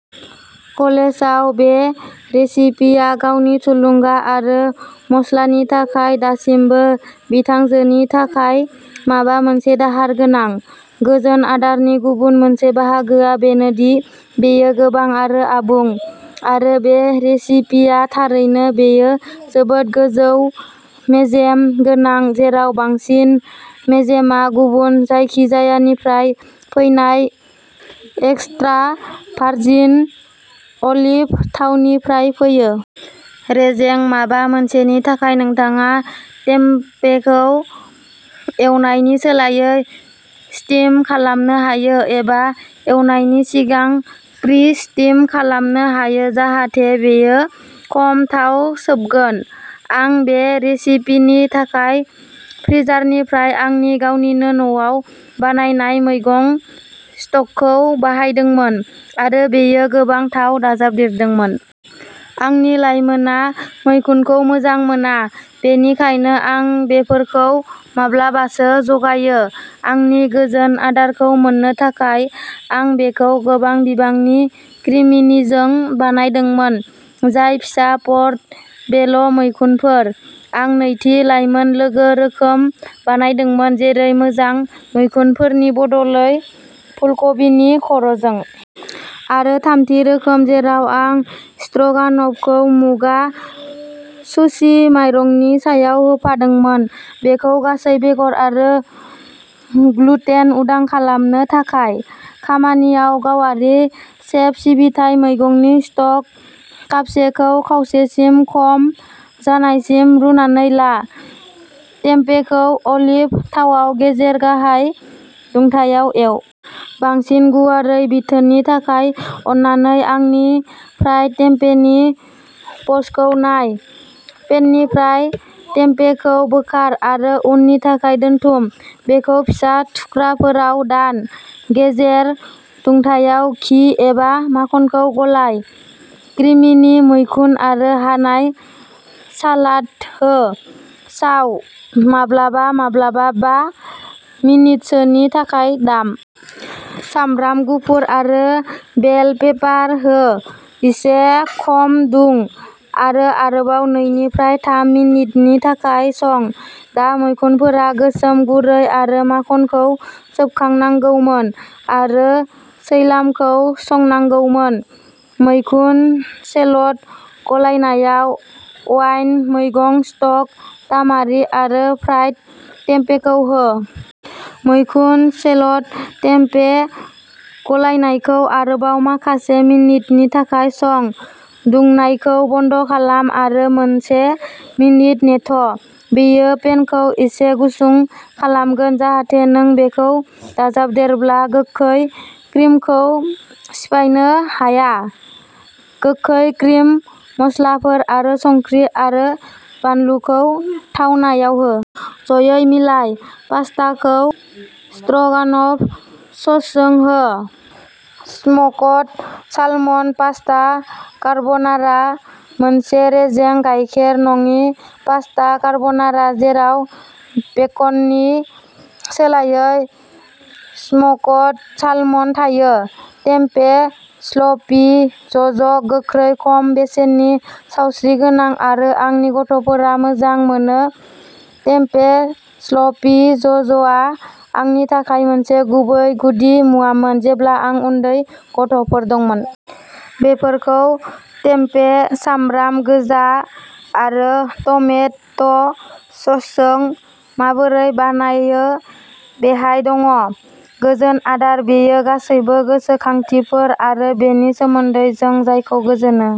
कलेजआव बे रेसिपिया गावनि थुलुंगा आरो मस्लानि थाखाय दासिमबो बिथांजोनि थाखाय माबा मोनसे दाहार गोनां। गोजोन आदारनि गुबुन मोनसे बाहागोआ बेनो दि बेयो गोबां आरो आबुं, आरो बे रेसिपिया थारैनो बेयो जोबोद गोजौ-मेजेम गोनां, जेराव बांसिन मेजेमआ गुबुन जायखिजायानिफ्राय फैनाय एक्स्ट्रा भार्जिन अलिभ थावनिफ्राय फैयो। रेजें माबा मोनसेनि थाखाय नोंथाङा टेम्पेखौ एवनायनि सोलायै स्टिम खालामनो हायो, एबा एवनायनि सिगां प्रि-स्टिम खालामनो हायो जाहाथे बेयो खम थाव सोबगोन। आं बे रेसिपिनि थाखाय फ्रिजारनिफ्राय आंनि गावनिनो न'आव बानायनाय मैगं स्टकखौ बाहायदोंमोन आरो बेयो गोबां थाव दाजाबदेरदोंमोन। आंनि लाइमोनआ मैखुनखौ मोजां मोना, बेनिखायनो आं बेफोरखौ माब्लाबासो जगायो। आंनि गोजोन आदारखौ मोननो थाखाय, आं बेखौ गोबां बिबांनि क्रिमिनिजों बानायदोंमोन, जाय फिसा पर्ट' बेल' मैखुनफोर। आं नैथि, लाइमोन-लोगो रोखोम बानायदोंमोन, जेरै मोजां, मैखुनफोरनि बदलै फुलकबिनि खर'जों। आरो थामथि रोखोम जेराव आं स्ट्र'गान'फखौ मुगा सुशि माइरंनि सायाव होफादोंमोन, बेखौ गासै-बेगर आरो ग्लुटेन-उदां खालामनो थाखाय। खामानियाव गावारि सेफ सिबिथाइ मैगंनि स्टक कापसेखौ खावसेसिम खम जानायसिम रुनानै ला। टेम्पेखौ अलिभ थावाव गेजेर-गाहाय दुंथायाव एव। बांसिन गुवारै बिथोननि थाखाय अननानै आंनि फ्राइड टेम्पे नि पस्टखौ नाय। पेननिफ्राय टेम्पेखौ बोखार आरो उननि थाखाय दोनथुम। बेखौ फिसा थुख्राफोराव दान। गेजेर दुंथायाव घि एबा माखनखौ गलाइ। क्रिमिनि मैखुन आरो हानाय सालाद हो, साव, माब्लाबा-माब्लाबा, बा मिनिटसोनि थाखाय दाम। सामब्राम गुफुर आरो बेल पेपार हो, एसे खम दुं, आरो आरोबाव नैनिफ्राय थाम मिनिटनि थाखाय सं। दा मैखुनफोरा गोसोम गुरै आरो माखनखौ सोबखांनांगौमोन आरो सैलामखौ संनांगौमोन। मैखुन सेलट गलायनायाव अवाइन, मैगं स्टक, तामारि आरो फ्राइड टेम्पेखौ हो। मैखुन सेलट टेम्पे गलायनायखौ आरोबाव माखासे मिनिटनि थाखाय सं। दुंनायखौ बन्द खालाम आरो मोनसे मिनिट नेथ', बेयो पेनखौ एसे गुसु खालामगोन जाहाथे नों बेखौ दाजाबदेरब्ला गोखै क्रिमखौ सिफायनो हाया। गोखै क्रिम, मस्लाफोर, आरो संख्रि आरो बानलुखौ थावनायाव हो। जयै मिलाय। पास्ताखौ स्ट्र'गानफ ससजों हो। स्मक्ड सालमन पास्ता कार्ब'नारा मोनसे रेजें, गायखेर-नङि पास्ता कार्ब'नारा जेराव बेकननि सोलायै स्मक्ड सालमन थायो। टेम्पे स्लपि ज'ज गोख्रै, खम बेसेननि, सावस्रिगोनां, आरो आंनि गथ'फोरा मोजां मोनो टेम्पे स्लपि ज'जआ आंनि थाखाय मोनसे गुबै गुदि मुवामोन जेब्ला आं उन्दै गथ'फोर दंमोन। बेफोरखौ टेम्पे, सामब्राम गोजा आरो टमेट' ससजों माबोरै बानायो बेहाय दङ। गोजोन आदार बेयो गासैबो गोसोखांथिफोर आरो बेनि सोमोन्दै जों जायखौ गोजोनो।